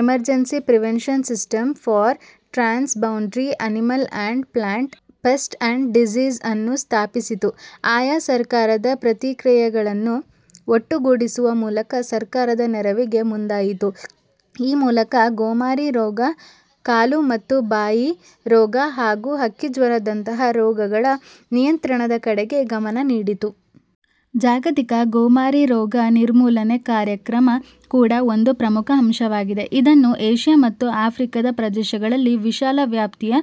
Emergency prevention system for transboundary animal and plant pests and diseases ಅನ್ನು ಸ್ಥಾಪಿಸಿತು. ಆಯಾ ಸರ್ಕಾರದ ಪ್ರತಿಕ್ರಿಯೆಗಳನ್ನು ಒಟ್ಟುಗೂಡಿಸುವ ಮೂಲಕ ಸರ್ಕಾರದ ನೆರವಿಗೆ ಮುಂದಾಯಿತು. ಈ ಮೂಲಕ ಗೋಮಾರಿ ರೋಗ, ಕಾಲು ಮತ್ತು ಬಾಯಿ ರೋಗ ಹಾಗು ಹಕ್ಕಿ ಜ್ವರ ದಂತಹ ರೋಗಗಳ ನಿಯಂತ್ರಣದ ಕಡೆಗೆ ಗಮನ ನೀಡಿತು. ಜಾಗತಿಕ ಗೋಮಾರಿ ರೋಗ ನಿರ್ಮೂಲನೆ ಕಾರ್ಯಕ್ರಮ ಕೂಡ ಒಂದು ಪ್ರಮುಖ ಅಂಶವಾಗಿದೆ. ಇದನ್ನು ಏಷ್ಯಾ ಮತ್ತು ಆಫ್ರಿಕಾದ ಪ್ರದೇಶಗಳಲ್ಲಿ ವಿಶಾಲ ವ್ಯಾಪ್ತಿಯ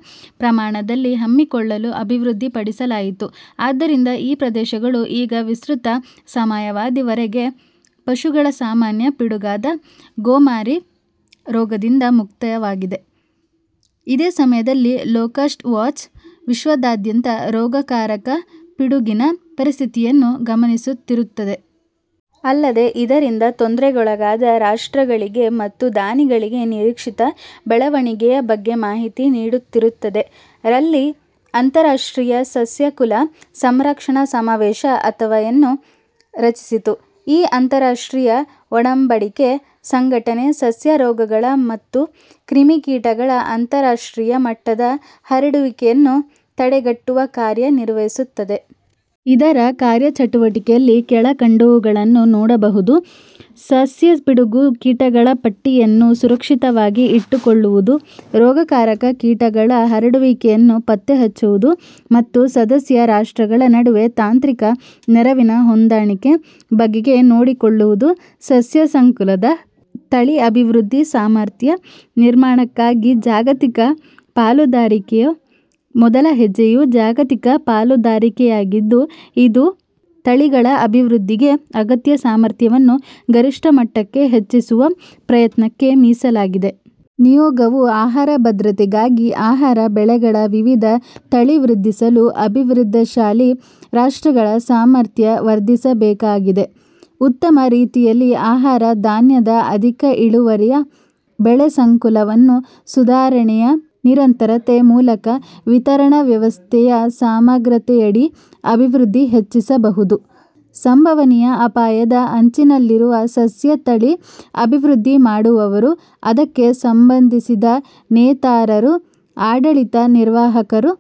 ಪ್ರಮಾಣದಲ್ಲಿ ಹಮ್ಮಿಕೊಳ್ಳಲು ಅಭಿವೃದ್ಧಿಪಡಿಸಲಾಯಿತು. ಆದ್ದರಿಂದ ಈ ಪ್ರದೇಶಗಳು ಈಗ ವಿಸ್ತೃತ ಸಮಯಾವಧಿ ವರೆಗೆ ಪಶುಗಳ ಸಾಮಾನ್ಯ ಪಿಡುಗಾದ, ಗೋಮಾರಿ ರೋಗದಿಂದ ಮುಕ್ತವಾಗಿವೆ. ಇದೇ ಸಮಯದಲ್ಲಿ ಲೋಕಸ್ಟ್ ವಾಚ್, ವಿಶ್ವದಾದ್ಯಂತ ರೋಗಕಾರಕ ಪಿಡುಗಿನ ಪರಿಸ್ಥಿತಿಯನ್ನು ಗಮನಿಸುತ್ತಿರುತ್ತದೆ. ಅಲ್ಲದೇ ಇದರಿಂದ ತೊಂದರೆಗೊಳಗಾದ ರಾಷ್ಟ್ರಗಳಿಗೆ ಮತ್ತು ದಾನಿಗಳಿಗೆ ನಿರೀಕ್ಷಿತ ಬೆಳವಣಿಗೆಯ ಬಗ್ಗೆ ಮಾಹಿತಿ ನೀಡುತ್ತಿರುತ್ತದೆ., ರಲ್ಲಿ ಅಂತರರಾಷ್ಟ್ರೀಯ ಸಸ್ಯಕುಲ ಸಂರಕ್ಷಣಾ ಸಮಾವೇಶ ಅಥವಾ ಯನ್ನು ರಚಿಸಿತು. ಈ ಅಂತರರಾಷ್ಟ್ರೀಯ ಒಡಂಬಡಿಕೆ ಸಂಘಟನೆ, ಸಸ್ಯ ರೋಗಗಳ ಮತ್ತು ಕ್ರಿಮಿಕೀಟಗಳ ಅಂತರರಾಷ್ಟ್ರೀಯ ಮಟ್ಟದ ಹರಡುವಿಕೆಯನ್ನು ತಡೆಗಟ್ಟುವ ಕಾರ್ಯ ನಿರ್ವಹಿಸುತ್ತದೆ. ಇದರ ಕಾರ್ಯಚಟುವಟಿಕೆಯಲ್ಲಿ ಕೆಳಕಂಡವುಗಳನ್ನು ನೋಡಬಹುದು: ಸಸ್ಯ ಪಿಡುಗು ಕೀಟಗಳ ಪಟ್ಟಿಯನ್ನು ಸುರಕ್ಷಿತವಾಗಿ ಇಟ್ಟುಕೊಳ್ಳುವುದು, ರೋಗಕಾರಕ ಕೀಟಗಳ ಹರಡುವಿಕೆಯನ್ನು ಪತ್ತೆಹಚ್ಚುವುದು, ಮತ್ತು ಸದಸ್ಯ ರಾಷ್ಟ್ರಗಳ ನಡುವೆ ತಾಂತ್ರಿಕ ನೆರವಿನ ಹೊಂದಾಣಿಕೆ ಬಗೆಗೆ ನೋಡಿಕೊಳ್ಳುವುದು. ಸಸ್ಯ ಸಂಕುಲದ ತಳಿ ಅಭಿವೃದ್ಧಿ ಸಾಮರ್ಥ್ಯ ನಿರ್ಮಾಣಕ್ಕಾಗಿ ಜಾಗತಿಕ ಪಾಲುದಾರಿಕೆಯ ಮೊದಲ ಹೆಜ್ಜೆಯು, ಜಾಗತಿಕ ಪಾಲುದಾರಿಕೆಯಾಗಿದ್ದು, ಇದು ತಳಿಗಳ ಅಭಿವೃದ್ಧಿಗೆ ಅಗತ್ಯ ಸಾಮರ್ಥ್ಯವನ್ನು ಗರಿಷ್ಠ ಮಟ್ಟಕ್ಕೆ ಹೆಚ್ಚಿಸುವ ಪ್ರಯತ್ನಕ್ಕೆ ಮೀಸಲಾಗಿದೆ. ನಿಯೋಗವು, ಆಹಾರ ಭದ್ರತೆಗಾಗಿ ಆಹಾರ ಬೆಳೆಗಳ ವಿವಿಧ ತಳಿ ವೃದ್ಧಿಸಲು ಅಭಿವೃದ್ಧಿಶೀಲ ರಾಷ್ಟ್ರಗಳ ಸಾಮರ್ಥ್ಯ ವರ್ಧಿಸಬೇಕಾಗಿದೆ. ಉತ್ತಮ ರೀತಿಯಲ್ಲಿ ಆಹಾರ ಧಾನ್ಯದ ಅಧಿಕ ಇಳುವರಿಯ ಬೆಳೆಸಂಕುಲವನ್ನು ಸುಧಾರಣೆಯ ನಿರಂತರತೆ ಮೂಲಕ, ವಿತರಣಾ ವ್ಯವಸ್ಥೆಯ ಸಮಗ್ರತೆಯಡಿ ಅಭಿವೃದ್ಧಿ ಹೆಚ್ಚಿಸಬಹುದು. ಸಂಭವನೀಯ ಅಪಾಯದ ಅಂಚಿನಲ್ಲಿರುವ ಸಸ್ಯ ತಳಿ ಅಭಿವೃದ್ಧಿ ಮಾಡುವವರು, ಅದಕ್ಕೆ ಸಂಭಂಧಿಸಿದ ನೇತಾರರು, ಆಡಳಿತ ನಿರ್ವಾಹಕರು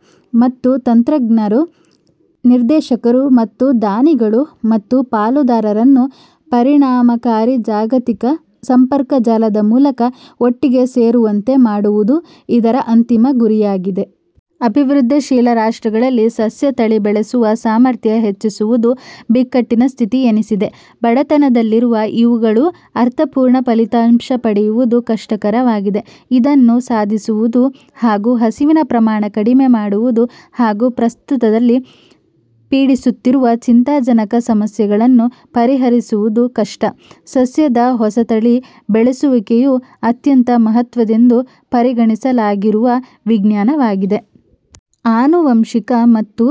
ಮತ್ತು ತಂತ್ರಜ್ಞರು, ನಿರ್ದೇಶಕರು ಮತ್ತು, ದಾನಿಗಳು ಮತ್ತು ಪಾಲುದಾರರನ್ನು ಪರಿಣಾಮಕಾರಿ ಜಾಗತಿಕ ಸಂಪರ್ಕಜಾಲದ ಮೂಲಕ ಒಟ್ಟಿಗೆ ಸೇರುವಂತೆ ಮಾಡುವುದು ಇದರ ಅಂತಿಮ ಗುರಿಯಾಗಿದೆ. ಅಭಿವೃದ್ಧಿಶೀಲ ರಾಷ್ಟ್ರಗಳಲ್ಲಿ ಸಸ್ಯ ತಳಿ ಬೆಳೆಸುವ ಸಾಮರ್ಥ್ಯ ಹೆಚ್ಚಿಸುವುದು ಬಿಕ್ಕಟ್ಟಿನ ಸ್ಥಿತಿ ಎನಿಸಿದೆ. ಬಡತನದಲ್ಲಿರುವ ಇವುಗಳು ಅರ್ಥಪೂರ್ಣ ಫಲಿತಾಂಶ ಪಡೆಯುವುದು ಕಷ್ಟಕರವಾಗಿದೆ. ಇದನ್ನು ಸಾಧಿಸುವುದು ಹಾಗು ಹಸಿವಿನ ಪ್ರಮಾಣ ಕಡಿಮೆ ಮಾಡುವುದು, ಹಾಗು ಪ್ರಸ್ತುತದಲ್ಲಿ ಪೀಡಿಸುತ್ತಿರುವ ಚಿಂತಾಜನಕ ಸಮಸ್ಯೆಗಳನ್ನು ಪರಿಹರಿಸುವುದು ಕಷ್ಟ. ಸಸ್ಯದ ಹೊಸತಳಿ ಬೆಳೆಸುವಿಕೆಯು, ಅತ್ಯಂತ ಮಹತ್ವದೆಂದು ಪರಿಗಣಿಸಲಾಗಿರುವ ವಿಜ್ಞಾನವಾಗಿದೆ. ಆನುವಂಶಿಕ ಮತ್ತು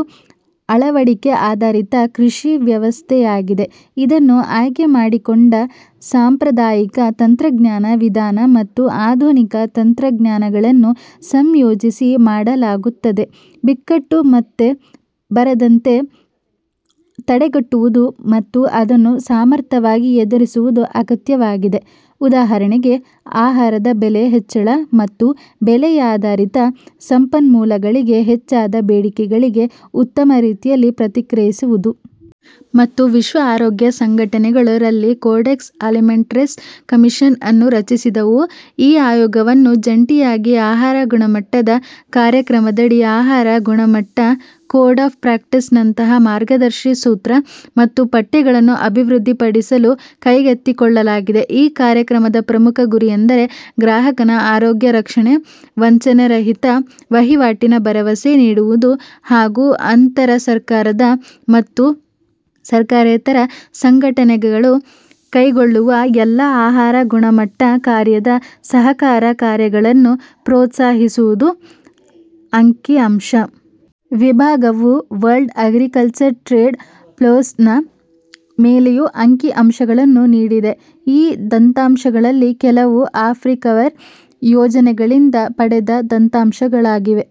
ಅಳವಡಿಕೆ ಆಧಾರಿತ, ಕೃಷಿ ವ್ಯವಸ್ಥೆಯಾಗಿದೆ. ಇದನ್ನು ಆಯ್ಕೆ ಮಾಡಿಕೊಂಡ ಸಾಂಪ್ರದಾಯಿಕ ತಂತ್ರಜ್ಞಾನ ವಿಧಾನ ಮತ್ತು ಆಧುನಿಕ ತಂತ್ರಜ್ಞಾನಗಳನ್ನು ಸಂಯೋಜಿಸಿ ಮಾಡಲಾಗುತ್ತದೆ. ಬಿಕ್ಕಟ್ಟು ಮತ್ತೆ ಬರದಂತೆ ತಡೆಗಟ್ಟುವುದು ಮತ್ತು ಅದನ್ನು ಸಮರ್ಥವಾಗಿ ಎದುರಿಸುವುದು ಅಗತ್ಯವಾಗಿದೆ. ಉದಾಹರಣೆಗೆ, ಆಹಾರದ ಬೆಲೆ ಹೆಚ್ಚಳ ಮತ್ತು ಬೆಳೆಯಾಧಾರಿತ ಸಂಪನ್ಮೂಲಗಳಿಗೆ ಹೆಚ್ಚಾದ ಬೇಡಿಕೆಗಳಿಗೆ ಉತ್ತಮ ರೀತಿಯಲ್ಲಿ ಪ್ರತಿಕ್ರಿಯಿಸುವುದು. ಮತ್ತು ವಿಶ್ವ ಆರೋಗ್ಯ ಸಂಘಟನೆಗಳು ರಲ್ಲಿ ಕೊಡೆಕ್ಸ್ ಅಲೈಮೆಂಟರಿಯಸ್ ಕಮಿಷನ್ ಅನ್ನು ರಚಿಸಿದವು. ಈ ಆಯೋಗವನ್ನು ಜಂಟಿಯಾಗಿ ಆಹಾರ ಗುಣಮಟ್ಟದ ಕಾರ್ಯಕ್ರಮದಡಿ, ಆಹಾರದ ಗುಣಮಟ್ಟ, ಕೋಡ್ ಆಫ್ ಪ್ರಾಕ್ಟೀಸ್ ನಂತಹ ಮಾರ್ಗದರ್ಶಿ ಸೂತ್ರ ಮತ್ತು ಪಠ್ಯಗಳನ್ನು ಅಭಿವೃದ್ಧಿಪಡಿಸಲು ಕೈಗೆತ್ತಿಕೊಳ್ಳಲಾಗಿದೆ. ಈ ಕಾರ್ಯಕ್ರಮದ ಪ್ರಮುಖ ಗುರಿಯೆಂದರೆ; ಗ್ರಾಹಕನ ಆರೋಗ್ಯ ರಕ್ಷಣೆ, ವಂಚನೆರಹಿತ ವಹಿವಾಟಿನ ಭರವಸೆ ನೀಡುವುದು ಹಾಗು ಅಂತರಸರ್ಕಾರದ ಮತ್ತು ಸರ್ಕಾರೇತರ ಸಂಘಟನೆಗಗಳು ಕೈಗೊಳ್ಳುವ ಎಲ್ಲಾ ಆಹಾರ ಗುಣಮಟ್ಟ ಕಾರ್ಯದ ಸಹಕಾರ ಕಾರ್ಯಗಳನ್ನು ಪ್ರೋತ್ಸಾಹಿಸುವುದು. ಅಂಕಿಅಂಶ ವಿಭಾಗವು, ವಲ್ಡ್ ಅಗ್ರಿಕಲ್ಚರಲ್ ಟ್ರೇಡ್ ಫ್ಲೋಸ್ ನ ಮೇಲೆಯೂ ಅಂಕಿಅಂಶಗಳನ್ನು ನೀಡಿದೆ. ಈ ದತ್ತಾಂಶಗಳಲ್ಲಿ ಕೆಲವು ಅಫ್ರಿಕವರ್ ಯೋಜನೆಗಳಿಂದ ಪಡೆದ ದತ್ತಾಂಶಗಳಾಗಿವೆ.